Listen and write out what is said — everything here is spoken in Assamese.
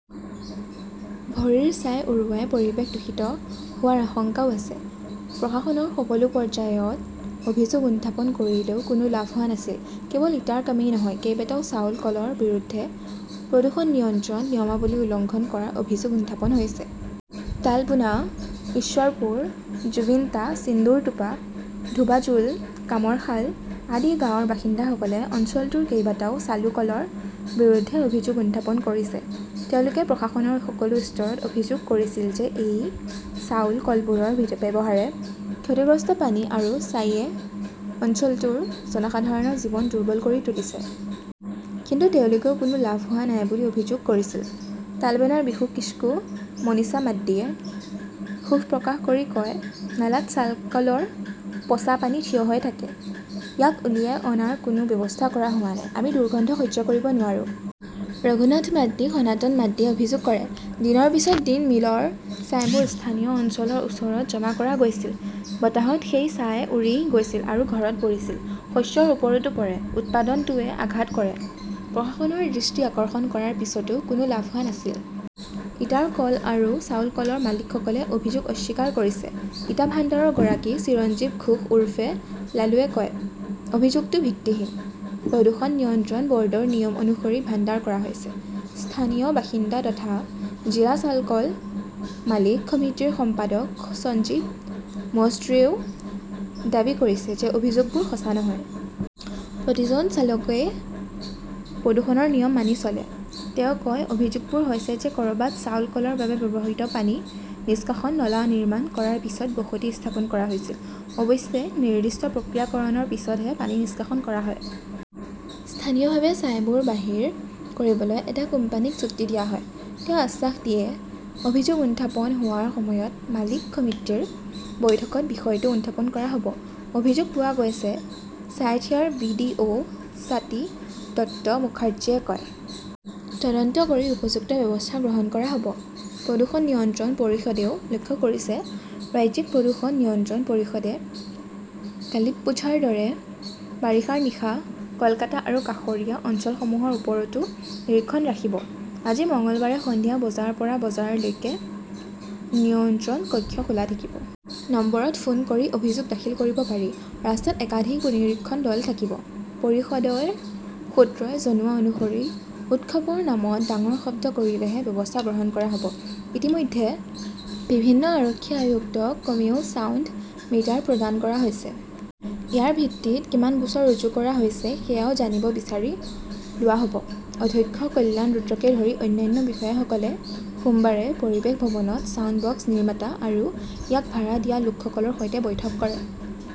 ভৰিৰ ছাই উৰুৱাই পৰিৱেশ দূষিত হোৱাৰ আশংকাও আছে। প্ৰশাসনৰ সকলো পৰ্যায়ত অভিযোগ উত্থাপন কৰিলেও কোনো লাভ হোৱা নাছিল। কেৱল ইটাৰ কামেই নহয়, কেইবাটাও চাউল কলৰ বিৰুদ্ধে প্ৰদূষণ নিয়ন্ত্ৰণ নিয়মাৱলী উলংঘন কৰাৰ অভিযোগ উত্থাপন হৈছে। তালবোনা, ঈশ্বৰপুৰ, জুৱিন্টা, ছিন্দুৰটোপা, ধোবাজোল, কামৰশাল আদি গাঁৱৰ বাসিন্দাসকলে অঞ্চলটোৰ কেইবাটাও চালু কলৰ বিৰুদ্ধে অভিযোগ উত্থাপন কৰিছে। তেওঁলোকে প্ৰশাসনৰ সকলো স্তৰত অভিযোগ কৰিছিল যে এই চাউল কলবোৰৰ ব্যৱহাৰে ক্ষতিগ্ৰস্ত পানী আৰু ছাইয়ে অঞ্চলটোৰ জনসাধাৰণৰ জীৱন দুৰ্বল কৰি তুলিছে। কিন্তু তেওঁলোকেও কোনো লাভ হোৱা নাই বুলি অভিযোগ কৰিছিল। তালবোনাৰ বিশু কিস্কু, মনীষা মাড্ডীয়ে ক্ষোভ প্ৰকাশ কৰি কয়, নালাত চালকলৰ পচা পানী থিয় হৈ থাকে। ইয়াক উলিয়াই অনাৰ কোনো ব্যৱস্থা কৰা হোৱা নাই। আমি দুৰ্গন্ধ সহ্য কৰিব নোৱাৰোঁ। ৰঘুনাথ মাড্ডী, সনাতন মাড্ডীয়ে অভিযোগ কৰে, দিনৰ পিছত দিন মিলৰ ছাইবোৰ স্থানীয় অঞ্চলৰ ওচৰতে জমা কৰা হৈছিল। বতাহত সেই ছাই উৰি গৈছিল আৰু ঘৰত পৰিছিল। শস্যৰ ওপৰতো পৰে। উৎপাদনটোৱে আঘাত কৰে। প্ৰশাসনৰ দৃষ্টি আকৰ্ষণ কৰাৰ পিছতো কোনো লাভ হোৱা নাছিল। ইটাৰ কল আৰু চাউল কলৰ মালিকসকলে অভিযোগ অস্বীকাৰ কৰিছে। ইটা ভাণ্ডাৰৰ গৰাকী চিৰঞ্জীৱ ঘোষ উৰফে লালুৱে কয়, অভিযোগটো ভিত্তিহীন। প্ৰদূষণ নিয়ন্ত্ৰণ বৰ্ডৰ নিয়ম অনুসৰি ভাণ্ডাৰ কৰা হৈছে। স্থানীয় বাসিন্দা তথা জিলা চালকল মালিক সমিতিৰ সম্পাদক সঞ্জীৱ মজমুদ্ৰেও দাবী কৰিছে যে অভিযোগবোৰ সঁচা নহয়। প্ৰতিজন চালকই প্ৰদূষণৰ নিয়ম মানি চলে। তেওঁ কয়, অভিযোগবোৰ হৈছে যে কৰবাত চাউল কলৰ বাবে ব্যৱহৃত পানী নিষ্কাশন নলা নিৰ্মাণ কৰাৰ পিছত বসতি স্থাপন কৰা হৈছিল। অৱশ্যে, নিৰ্দিষ্ট প্ৰক্ৰিয়াকৰণৰ পিছতহে পানী নিষ্কাশন কৰা হয়। স্থানীয়ভাৱে ছাইবোৰ বাহিৰ কৰিবলৈ এটা কোম্পানীক চুক্তি দিয়া হয়। তেওঁ আশ্বাস দিয়ে, অভিযোগ উত্থাপন হোৱাৰ সময়ত মালিক সমিতিৰ বৈঠকত বিষয়টো উত্থাপন কৰা হব। অভিযোগ পোৱা গৈছে, ছাইথিয়াৰ B. D. O. Swati Dutta মুখাৰ্জীয়ে কয়। তদন্ত কৰি উপযুক্ত ব্যৱস্থা গ্ৰহণ কৰা হব। প্ৰদূষণ নিয়ন্ত্ৰণ পৰিষদেও লক্ষ্য কৰিছে ৰাজ্যিক প্ৰদূষণ নিয়ন্ত্ৰণ পৰিষদে কালিপ্পুঝাৰ দৰে বাৰিষাৰ নিশা কলকাতা আৰু কাষৰীয়া অঞ্চলসমূহৰ ওপৰতো নিৰীক্ষণ ৰাখিব। আজি মঙলবাৰে সন্ধিয়া বজাৰ পৰা বজালৈকে নিয়ন্ত্ৰণ কক্ষ খোলা থাকিব। নম্বৰত ফোন কৰি অভিযোগ দাখিল কৰিব পাৰি। ৰাস্তাত একাধিক নিৰীক্ষণ দল থাকিব। পৰিষদৰ সূত্ৰই জনোৱা অনুসৰি উৎসৱৰ নামত ডাঙৰ শব্দ কৰিলেহে ব্যৱস্থা গ্ৰহণ কৰা হব। ইতিমধ্যে বিভিন্ন আৰক্ষী আয়ুক্তক কমেও ছাউণ্ড মিটাৰ প্ৰদান কৰা হৈছে। ইয়াৰ ভিত্তিত কিমান গোচৰ ৰুজু কৰা হৈছে সেয়াও জানিব বিচাৰি লোৱা হব। অধ্যক্ষ কল্যাণ ৰুদ্ৰকে ধৰি অন্যান্য বিষয়াসকলে সোমবাৰে পৰিৱেশ ভৱনত ছাউণ্ড বক্স নিৰ্মাতা আৰু ইয়াক ভাড়া দিয়া লোকসকলৰ সৈতে বৈঠক কৰে।